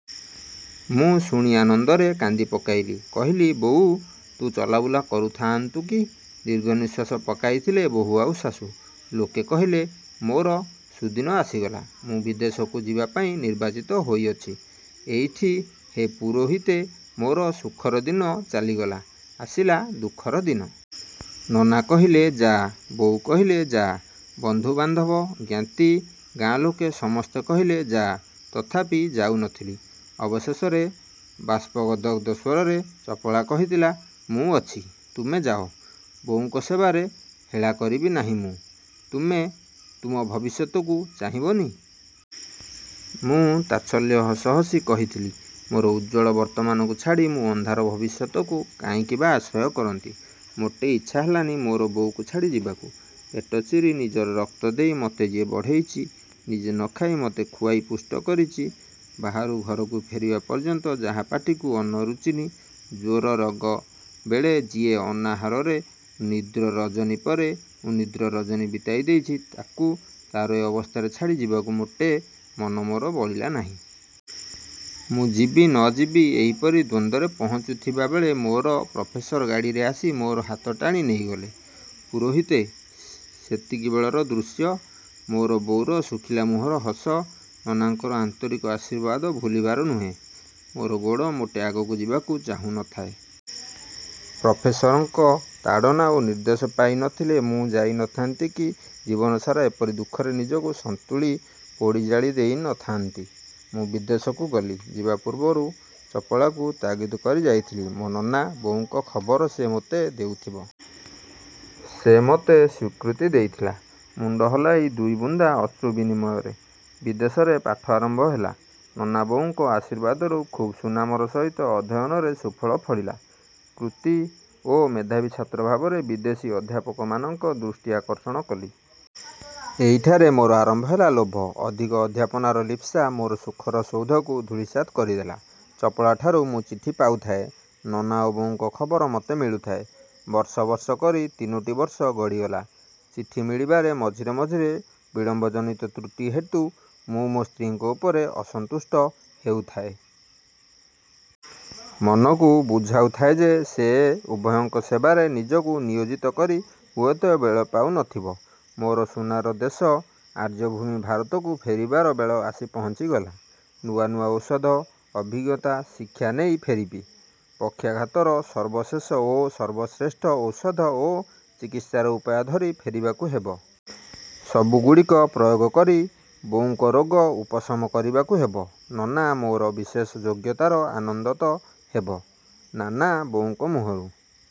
ମୁଁ ଶୁଣି ଆନନ୍ଦରେ କାନ୍ଦି ପକାଇଲି। କହିଲି—ବୋଉ, ତୁ ଚଲାବୁଲା କରୁ ଥାଆନ୍ତୁ କି! ଦୀର୍ଘ ନିଶ୍ୱାସ ପକାଇଥିଲେ ବୋହୂ ଆଉ ଶାଶୁ। ଲୋକେ କହିଲେ, ମୋର ସୁଦିନ ଆସିଗଲା। ମୁଁ ବିଦେଶକୁ ଯିବାପାଇଁ ନିର୍ବାଚିତ ହୋଇଅଛି। ଏଇଠି ହେ ପୁରୋହିତେ, ମୋର ସୁଖର ଦିନ ଚାଲିଗଲା, ଆସିଲା ଦୁଃଖର ଦିନ। ନନା କହିଲେ ଯାଆ, ବୋଉ କହିଲେ ଯାଆ। ବନ୍ଧୁ-ବାନ୍ଧବ, ଜ୍ଞାତି, ଗାଁ ଲୋକେ ସମସ୍ତେ କହିଲେ ଯାଆ, ତଥାପି ଯାଉ ନ ଥିଲି। ଅବଶେଷରେ ବାଷ୍ପ ଗଦ୍ଗଦ୍ ସ୍ୱରରେ ଚପଳା କହିଥିଲା—ମୁଁ ଅଛି, ତୁମେ ଯାଅ, ବୋଉଙ୍କ ସେବାରେ ହେଳା କରିବି ନାହିଁ ମୁଁ। ତୁମେ, ତୁମ ଭବିଷ୍ୟତକୁ ଚାହିଁବନି! ମୁଁ ତାଚ୍ଛଲ୍ୟ ହସ ହସି କହିଥିଲି—ମୋର ଉଜ୍ଜ୍ୱଳ ବର୍ତ୍ତମାନକୁ ଛାଡ଼ି ମୁଁ ଅନ୍ଧାର ଭବିଷ୍ୟତକୁ କାହିଁକି ବା ଆଶ୍ରୟ କରନ୍ତି। ମୋଟେ ଇଚ୍ଛା ହେଲାନି ମୋର ବୋଉକୁ ଛାଡ଼ି ଯିବାକୁ। ପେଟ ଚିରି ନିଜର ରକ୍ତ ଦେଇ ମତେ ଯିଏ ବଢ଼େଇଚି, ନିଜେ ନ ଖାଇ ମତେ ଖୁଆଇ ପୁଷ୍ଟ କରିଚି, ବାହାରୁ ଘରକୁ ଫେରିବା ପର୍ଯ୍ୟନ୍ତ ଯାହା ପାଟିକୁ ଅନ୍ନ ରୁଚିନି, ଜ୍ୱର ରୋଗ ବେଳେ ଯିଏ ଅନାହାରରେ ଉନ୍ନିଦ୍ର ରଜନୀ ପରେ ଉନ୍ନିଦ୍ର ରଜନୀ ବିତାଇ ଦେଇଚି, ତାକୁ, ତାର ଏ ଅବସ୍ଥାରେ ଛାଡ଼ି ଯିବାକୁ ମୋଟେ ମନ ମୋର ବଳିଲା ନାହିଁ। ମୁଁ ଯିବି ନ ଯିବି ଏହିପରି ଦ୍ୱନ୍ଦ୍ୱରେ ପହୁଞ୍ଚିଥିବା ବେଳେ ମୋର ପ୍ରଫେସର ଗାଡ଼ିରେ ଆସି ମୋର ହାତ ଟାଣି ନେଇଗଲେ। ପୁରୋହିତେ! ସେତିକିବେଳର ଦୃଶ୍ୟ, ମୋର ବୋଉର ଶୁଖିଲା ମୁହଁର ହସ, ନନାଙ୍କର ଆନ୍ତରିକ ଆଶୀର୍ବାଦ ଭୁଲିବାର ନୁହେଁ। ମୋର ଗୋଡ଼ ମୋଟେ ଆଗକୁ ଯିବାକୁ ଚାହୁଁ ନ ଥାଏ। ପ୍ରଫେସରଙ୍କ ତାଡ଼ନା ଓ ନିର୍ଦ୍ଦେଶ ପାଇ ନ ଥିଲେ ମୁଁ ଯାଇ ନ ଥାନ୍ତି କି ଜୀବନସାରା ଏପରି ଦୁଃଖରେ ନିଜକୁ ସନ୍ତୁଳି ପୋଡ଼ି ଜାଳି ଦେଇ ନ ଥାଆନ୍ତି। ମୁଁ ବିଦେଶକୁ ଗଲି। ଯିବା ପୂର୍ବରୁ ଚପଳାକୁ ତାଗିଦ କରି ଯାଇଥିଲି, ମୋ ନନା, ବୋଉଙ୍କ ଖବର ସେ ମୋତେ ଦେଉଥିବ। ସେ ମତେ ସ୍ୱୀକୃତି ଦେଇଥିଲା ମୁଣ୍ଡ ହଲାଇ ଦୁଇ ବୁନ୍ଦା ଅଶ୍ରୁ ବିନିମୟରେ। ବିଦେଶରେ ପାଠ ଆରମ୍ଭ ହେଲା। ନନା ବୋଉଙ୍କ ଆଶୀର୍ବାଦରୁ ଖୁବ୍ ସୁନାମର ସହିତ ଅଧ୍ୟୟନରେ ସୁଫଳ ଫଳିଲା। କୃତୀ ଓ ମେଧାବୀ ଛାତ୍ର ଭାବରେ ବିଦେଶୀ ଅଧ୍ୟାପକମାନଙ୍କ ଦୃଷ୍ଟି ଆକର୍ଷଣ କଲି। ଏଇଠାରେ ମୋର ଆରମ୍ଭ ହେଲା ଲୋଭ। ଅଧିକ ଅଧ୍ୟାପନାର ଲିପ୍ସା ମୋର ସୁଖର ସୌଧକୁ ଧୂଳିସାତ୍ କରିଦେଲା। ଚପଳାଠାରୁ ମୁଁ ଚିଠି ପାଉଥାଏ। ନନା ଓ ବୋଉଙ୍କ ଖବର ମତେ ମିଳୁଥାଏ। ବର୍ଷ ବର୍ଷ କରି ତିନୋଟି ବର୍ଷ ଗଡ଼ିଗଲା। ଚିଠି ମିଳିବାରେ ମଝିରେ ମଝିରେ ବିଳମ୍ୱଜନିତ ତ୍ରୁଟି ହେତୁ ମୁଁ ମୋ ସ୍ତ୍ରୀଙ୍କ ଉପରେ ଅସନ୍ତୁଷ୍ଟ ହେଉଥାଏ। ମନକୁ ବୁଝାଉ ଥାଏ ଯେ, ସେ ଉଭୟଙ୍କ ସେବାରେ ନିଜକୁ ନିୟୋଜିତ କରି ହୁଏତ ବେଳ ପାଉ ନ ଥିବ। ମୋର ସୁନାର ଦେଶ ଆର୍ଯ୍ୟଭୂମି ଭାରତକୁ ଫେରିବାର ବେଳ ଆସି ପହଞ୍ଚିଗଲା। ନୂଆ ନୂଆ ଔଷଧ, ଅଭିଜ୍ଞତା ଶିକ୍ଷା ନେଇ ଫେରିବି। ପକ୍ଷାଘାତର ସର୍ବଶେଷ ଓ ସର୍ବଶ୍ରେଷ୍ଠ ଔଷଧ ଓ ଚିକିତ୍ସାର ଉପାୟ ଧରି ଫେରିବାକୁ ହେବ। ସବୁଗୁଡ଼ିକ ପ୍ରୟୋଗ କରି ବୋଉଙ୍କ ରୋଗ ଉପଶମ କରିବାକୁ ହେବ। ନନା ମୋର ବିଶେଷ ଯୋଗ୍ୟତାର ଆନନ୍ଦତ ହେବ। ନାନା ବୋଉଙ୍କ ମୁହଁରୁ